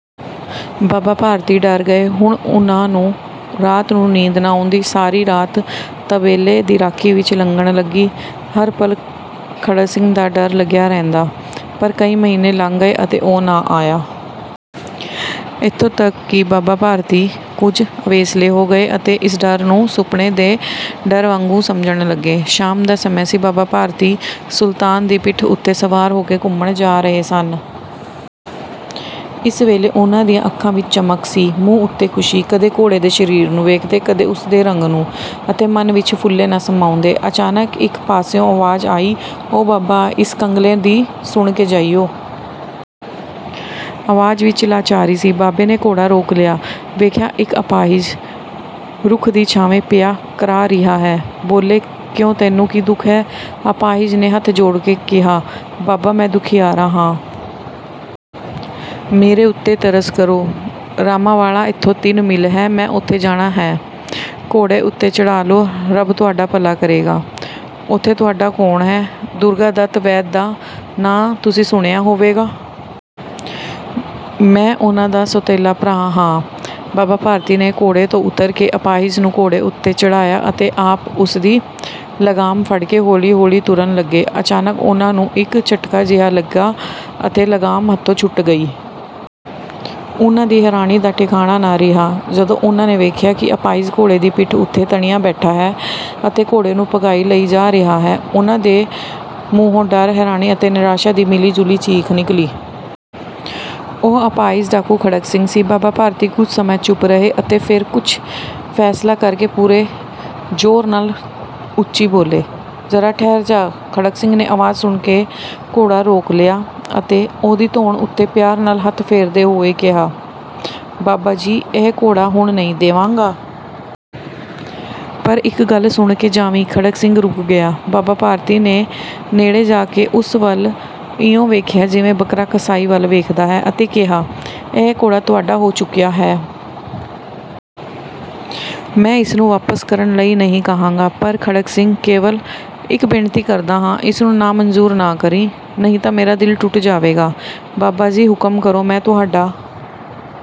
ਬਾਬਾ ਭਾਰਤੀ ਡਰ ਗਏ। ਹੁਣ ਉਨ੍ਹਾਂ ਨੂੰ ਰਾਤ ਨੂੰ ਨੀਂਦ ਨਾ ਆਉਂਦੀ।। ਸਾਰੀ ਰਾਤ ਤਬੇਲੇ ਦੀ ਰਾਖੀ ਵਿੱਚ ਲੰਘਣ ਲੱਗੀ। ਹਰ ਪਲ ਖੜਗ ਸਿੰਘ ਦਾ ਡਰ ਲਗਿਆ ਰਹਿੰਦਾ, ਪਰ ਕਈ ਮਹੀਨੇ ਲੰਘ ਗਏ ਅਤੇ ਉਹ ਨਾ ਆਇਆ। ਇੱਥੋਂ ਤੱਕ ਕਿ ਬਾਬਾ ਭਾਰਤੀ ਕੁੱਝ ਅਵੇਸਲੇ ਹੋ ਗਏ ਅਤੇ ਇਸ ਡਰ ਨੂੰ ਸੁਪਨੇ ਦੇ ਡਰ ਵਾਂਗ ਝੂਠ ਸਮਝਣ ਲੱਗੇ। ਸ਼ਾਮ ਦਾ ਸਮਾਂ ਸੀ। ਬਾਬਾ ਭਾਰਤੀ ਸੁਲਤਾਨ ਦੀ ਪਿੱਠ ਉੱਤੇ ਸਵਾਰ ਹੋਕੇ ਘੁੰਮਣ ਜਾ ਰਹੇ ਸਨ। ਇਸ ਵੇਲੇ ਉਨ੍ਹਾਂ ਦੀਆਂ ਅੱਖਾਂ ਵਿੱਚ ਚਮਕ ਸੀ, ਮੂੰਹ ਉੱਤੇ ਖ਼ੁਸ਼ੀ। ਕਦੇ ਘੋੜੇ ਦੇ ਸਰੀਰ ਨੂੰ ਵੇਖਦੇ, ਕਦੇ ਉਸਦੇ ਰੰਗ ਨੂੰ ਅਤੇ ਮਨ ਵਿੱਚ ਫੁੱਲੇ ਨਾ ਸਮਾਉੁਂਦੇ। ਅਚਾਨਕ ਇੱਕ ਪਾਸਿਓਂ ਅਵਾਜ਼ ਆਈ, 'ਓ ਬਾਬਾ, ਇਸ ਕੰਗਲੇ ਦੀ ਸੁਣਕੇ ਜਾਇਓ। ' ਅਵਾਜ਼ ਵਿੱਚ ਲਾਚਾਰੀ ਸੀ। ਬਾਬੇ ਨੇ ਘੋੜਾ ਰੋਕ ਲਿਆ। ਵੇਖਿਆ, ਇੱਕ ਅਪਾਹਿਜ ਰੁੱਖ ਦੀ ਛਾਵੇਂ ਪਿਆ ਕਰਾਹ ਰਿਹਾ ਹੈ। 'ਬੋਲੇ, ਕਿਉਂ ਤੈਨੂੰ ਕੀ ਦੁੱਖ ਹੈ? ' ਅਪਾਹਿਜ ਨੇ ਹੱਥ ਜੋੜਕੇ ਕਿਹਾ, ਬਾਬਾ, ਮੈਂ ਦੁਖਿਆਰਾ ਹਾਂ। ਮੇਰੇ ਉੱਤੇ ਤਰਸ ਕਰੋ। ਰਾਮਾਵਾਲਾ ਇੱਥੋਂ ਤਿੰਨ ਮੀਲ ਹੈ, ਮੈਂ ਉੱਥੇ ਜਾਣਾ ਹੈ। ਘੋੜੇ ਉੱਤੇ ਚੜ੍ਹਾ ਲਓ, ਰੱਬ ਤੁਹਾਡਾ ਭਲਾ ਕਰੇਗਾ। ' 'ਉੱਥੇ ਤੁਹਾਡਾ ਕੌਣ ਹੈ? ' 'ਦੁਰਗਾ ਦੱਤ ਵੈਦ ਦਾ ਨਾਂ ਤੁਸੀਂ ਸੁਣਿਆ ਹੋਵੇਗਾ। ਮੈਂ ਉਨ੍ਹਾਂ ਦਾ ਸੌਤੇਲਾ ਭਰਾ ਹਾਂ। ' ਬਾਬਾ ਭਾਰਤੀ ਨੇ ਘੋੜੇ ਤੋਂ ਉਤਰ ਕੇ ਅਪਾਹਿਜ ਨੂੰ ਘੋੜੇ ਉੱਤੇ ਚੜ੍ਹਾਇਆ ਅਤੇ ਆਪ ਉਸਦੀ ਲਗਾਮ ਫੜਕੇ ਹੌਲੀ-ਹੌਲੀ ਤੁਰਨ ਲੱਗੇ। ਅਚਾਨਕ ਉਨ੍ਹਾਂ ਨੂੰ ਇੱਕ ਝੱਟਕਾ-ਜਿਹਾ ਲਗਿਆ ਅਤੇ ਲਗਾਮ ਹੱਥੋਂ ਛੁੱਟ ਗਈ। ਉਨ੍ਹਾਂ ਦੀ ਹੈਰਾਨੀ ਦਾ ਠਿਕਾਣਾ ਨਾ ਰਿਹਾ, ਜਦੋਂ ਉਨ੍ਹਾਂ ਨੇ ਵੇਖਿਆ ਕਿ ਅਪਾਹਿਜ ਘੋੜੇ ਦੀ ਪਿੱਠ ਉੱਤੇ ਤਣਿਆ ਬੈਠਾ ਹੈ ਅਤੇ ਘੋੜੇ ਨੂੰ ਭਜਾਈਂ ਲਈ ਜਾ ਰਿਹਾ ਹੈ। ਉਨ੍ਹਾਂ ਦੇ ਮੂੰਹੋਂ ਡਰ, ਹੈਰਾਨੀ ਅਤੇ ਨਿਰਾਸ਼ਾ ਦੀ ਮਿਲੀਜੁਲੀ ਚੀਕ ਨਿਕਲੀ। ਉਹ ਅਪਾਹਿਜ ਡਾਕੂ ਖੜਗ ਸਿੰਘ ਸੀ। ਬਾਬਾ ਭਾਰਤੀ ਕੁੱਝ ਸਮਾਂ ਚੁਪ ਰਹੇ ਅਤੇ ਫੇਰ ਕੁੱਝ ਫੈਸਲਾ ਕਰਕੇ ਪੂਰੇ ਜੋਰ ਨਾਲ ਉੱਚੀ ਬੋਲੇ, 'ਜਰਾ ਠਹਿਰ ਜਾ। ਖੜਗ ਸਿੰਘ ਨੇ ਅਵਾਜ਼ ਸੁਣਕੇ ਘੋੜਾ ਰੋਕ ਲਿਆ ਅਤੇ ਉਹਦੀ ਧੌਣ ਉੱਤੇ ਪਿਆਰ ਨਾਲ ਹੱਥ ਫੇਰਦੇ ਹੋਏ ਕਿਹਾ, 'ਬਾਬਾ ਜੀ, ਇਹ ਘੋੜਾ ਹੁਣ ਨਹੀਂ ਦੇਵਾਂਗਾ। ' 'ਪਰ ਇੱਕ ਗੱਲ ਸੁਣਕੇ ਜਾਵੀਂ। ' ਖੜਗ ਸਿੰਘ ਰੁਕ ਗਿਆ। ਬਾਬਾ ਭਾਰਤੀ ਨੇ ਨੇੜੇ ਜਾਕੇ ਉਸ ਵੱਲ ਇਉਂ ਵੇਖਿਆ ਜਿਵੇਂ ਬਕਰਾ ਕਸਾਈ ਵੱਲ ਵੇਖਦਾ ਹੈ ਅਤੇ ਕਿਹਾ, ਇਹ ਘੋੜਾ ਤੁਹਾਡਾ ਹੋ ਚੁੱਕਿਆ ਹੈ। ਮੈਂ ਇਸਨੂੰ ਵਾਪਸ ਕਰਨ ਲਈ ਨਹੀਂ ਕਹਾਂਗਾ। ਪਰ ਖੜਗ ਸਿੰਘ, ਕੇਵਲ ਇੱਕ ਬੇਨਤੀ ਕਰਦਾ ਹਾਂ। ਇਸਨੂੰ ਨਾਮਨਜ਼ੂਰ ਨਾ ਕਰੀਂ, ਨਹੀਂ ਤਾਂ ਮੇਰਾ ਦਿਲ ਟੁੱਟ ਜਾਵੇਗਾ। ' 'ਬਾਬਾ ਜੀ, ਹੁਕਮ ਕਰੋ। ਮੈਂ ਤੁਹਾਡਾ